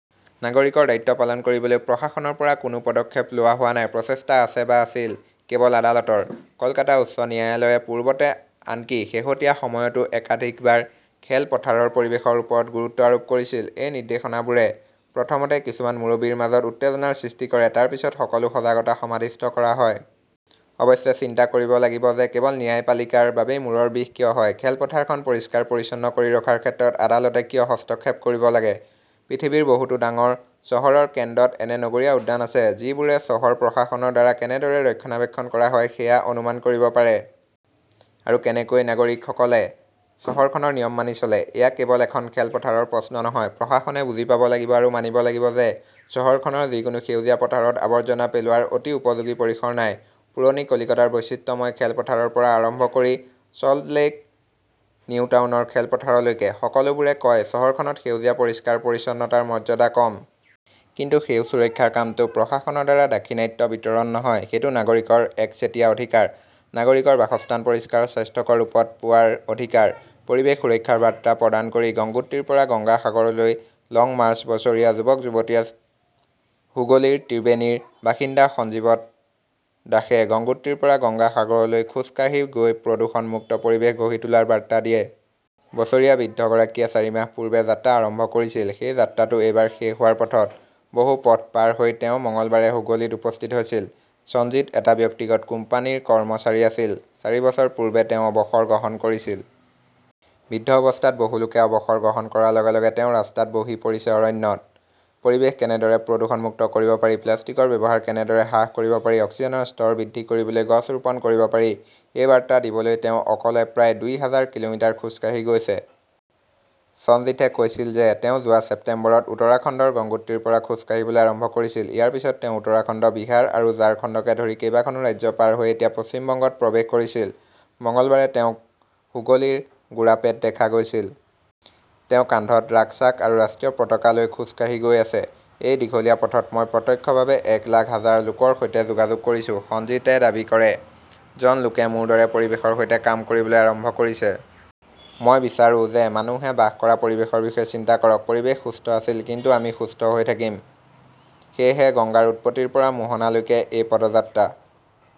নাগৰিকৰ দায়িত্ব পালন কৰিবলৈ প্ৰশাসনৰ পৰা কোনো পদক্ষেপ লোৱা হোৱা নাই। প্ৰচেষ্টা আছে, বা আছিল, কেৱল আদালতৰ। কলকাতা উচ্চ ন্যায়ালয়ে পূৰ্বতে, আনকি শেহতীয়া সময়তও একাধিকবাৰ খেলপথাৰৰ পৰিৱেশৰ ওপৰত গুৰুত্ব আৰোপ কৰিছিল। এই নিৰ্দেশনাবোৰে প্ৰথমতে কিছুমান মুৰব্বীৰ মাজত উত্তেজনাৰ সৃষ্টি কৰে, তাৰ পিছত সকলো সজাগতা সমাধিস্থ কৰা হয়। অৱশ্যে, চিন্তা কৰিব লাগিব যে কেৱল ন্যায়পালিকাৰ বাবেই মূৰৰ বিষ কিয় হয়। খেলপথাৰখন পৰিষ্কাৰ-পৰিচ্ছন্ন কৰি ৰখাৰ ক্ষেত্ৰত আদালতে কিয় হস্তক্ষেপ কৰিব লাগে। পৃথিৱীৰ বহুতো ডাঙৰ চহৰৰ কেন্দ্ৰত এনে নগৰীয়া উদ্যান আছে, যিবোৰে চহৰ প্ৰশাসনৰ দ্বাৰা কেনেদৰে ৰক্ষণাবেক্ষণ কৰা হয় সেয়া অনুমান কৰিব পাৰে। আৰু কেনেকৈ নাগৰিকসকলে চহৰখনৰ নিয়ম মানি চলে। এয়া কেৱল এখন খেলপথাৰৰ প্ৰশ্ন নহয়। প্ৰশাসনে বুজি পাব লাগিব আৰু মানিব লাগিব যে চহৰখনৰ যিকোনো সেউজীয়া পথাৰত আৱৰ্জনা পেলোৱাৰ অতি উপযোগী পৰিসৰ নাই। পুৰণি কলিকতাৰ বৈচিত্ৰ্যময় খেলপথাৰৰ পৰা আৰম্ভ কৰি চল্টলেক নিউটাউনৰ খেলপথাৰলৈকে, সকলোবোৰে কয়-চহৰখনত সেউজীয়া পৰিষ্কাৰ-পৰিচ্ছন্নতাৰ মৰ্যাদা কম। কিন্তু সেউজ সুৰক্ষাৰ কামটো প্ৰশাসনৰ দ্বাৰা দাক্ষিণাত্য বিতৰণ নহয়। সেইটো নাগৰিকৰ একচেটিয়া অধিকাৰ। নাগৰিকৰ বাসস্থান পৰিষ্কাৰ, স্বাস্থ্যকৰ ৰূপত পোৱাৰ অধিকাৰ। পৰিৱেশ সুৰক্ষাৰ বাৰ্তা প্ৰদান কৰি গংগোত্ৰীৰ পৰা গংগা সাগৰলৈ 'লং মাৰ্চ বছৰীয়া যুৱক-যুৱতীয়ে হুগলীৰ ত্ৰিবেণীৰ বাসিন্দা সঞ্জীৱত দাসে গংগোত্ৰীৰ পৰা গংগা সাগৰলৈ খোজ কাঢ়ি গৈ প্ৰদূষণ মুক্ত পৰিৱেশ গঢ়ি তোলাৰ বাৰ্তা দিয়ে। বছৰীয়া বৃদ্ধগৰাকীয়ে চাৰি মাহ পূৰ্বে যাত্ৰা আৰম্ভ কৰিছিল। সেই যাত্ৰাটো এইবাৰ শেষ হোৱাৰ পথত। বহু পথ পাৰ হৈ তেওঁ মঙলবাৰে হুগলীত উপস্থিত হৈছিল। ছঞ্জিত এটা ব্যক্তিগত কোম্পানীৰ কৰ্মচাৰী আছিল। চাৰি বছৰ পূৰ্বে তেওঁ অৱসৰ গ্ৰহণ কৰিছিল। বৃদ্ধ অৱস্থাত বহু লোকে অৱসৰ গ্ৰহণ কৰাৰ লগে লগে তেওঁ ৰাস্তাত বহি পৰিছে-অৰণ্যত। পৰিৱেশ কেনেদৰে প্ৰদূষণমুক্ত কৰিব পাৰি, প্লাষ্টিকৰ ব্যৱহাৰ কেনেদৰে হ্ৰাস কৰিব পাৰি, অক্সিজেনৰ স্তৰ বৃদ্ধি কৰিবলৈ গছ ৰোপণ কৰিব পাৰি, এই বাৰ্তা দিবলৈ তেওঁ অকলে প্ৰায় দুই হাজাৰ কিলোমিটাৰ খোজ কাঢ়ি গৈছে। সঞ্জীথে কৈছিল যে তেওঁ যোৱা ছেপ্টেম্বৰত উত্তৰাখণ্ডৰ গংগোত্ৰীৰ পৰা খোজ কাঢ়িবলৈ আৰম্ভ কৰিছিল। ইয়াৰ পিছত তেওঁ উত্তৰাখণ্ড, বিহাৰ আৰু ঝাৰখণ্ডকে ধৰি কেইবাখনো ৰাজ্য পাৰ হৈ এতিয়া পশ্চিম বংগত প্ৰৱেশ কৰিছিল। মঙলবাৰে তেওঁক হুগলীৰ গুৰাপেত দেখা গৈছিল। তেওঁ কান্ধত ৰাক্সাক আৰু ৰাষ্ট্ৰীয় পতাকা লৈ খোজ কাঢ়ি গৈ আছে। এই দীঘলীয়া পথত মই প্ৰত্যক্ষভাৱে এক লাখ হাজাৰ লোকৰ সৈতে যোগাযোগ কৰিছো, সঞ্জিতে দাবী কৰে। জন লোকে মোৰ দৰে পৰিৱেশৰ সৈতে কাম কৰিবলৈ আৰম্ভ কৰিছে। মই বিচাৰো যে মানুহে বাস কৰা পৰিৱেশৰ বিষয়ে চিন্তা কৰক। পৰিৱেশ সুস্থ আছিল কিন্তু আমি সুস্থ হৈ থাকিম। সেয়েহে গংগাৰ উৎপত্তিৰ পৰা মোহনালৈকে এই পদযাত্ৰা।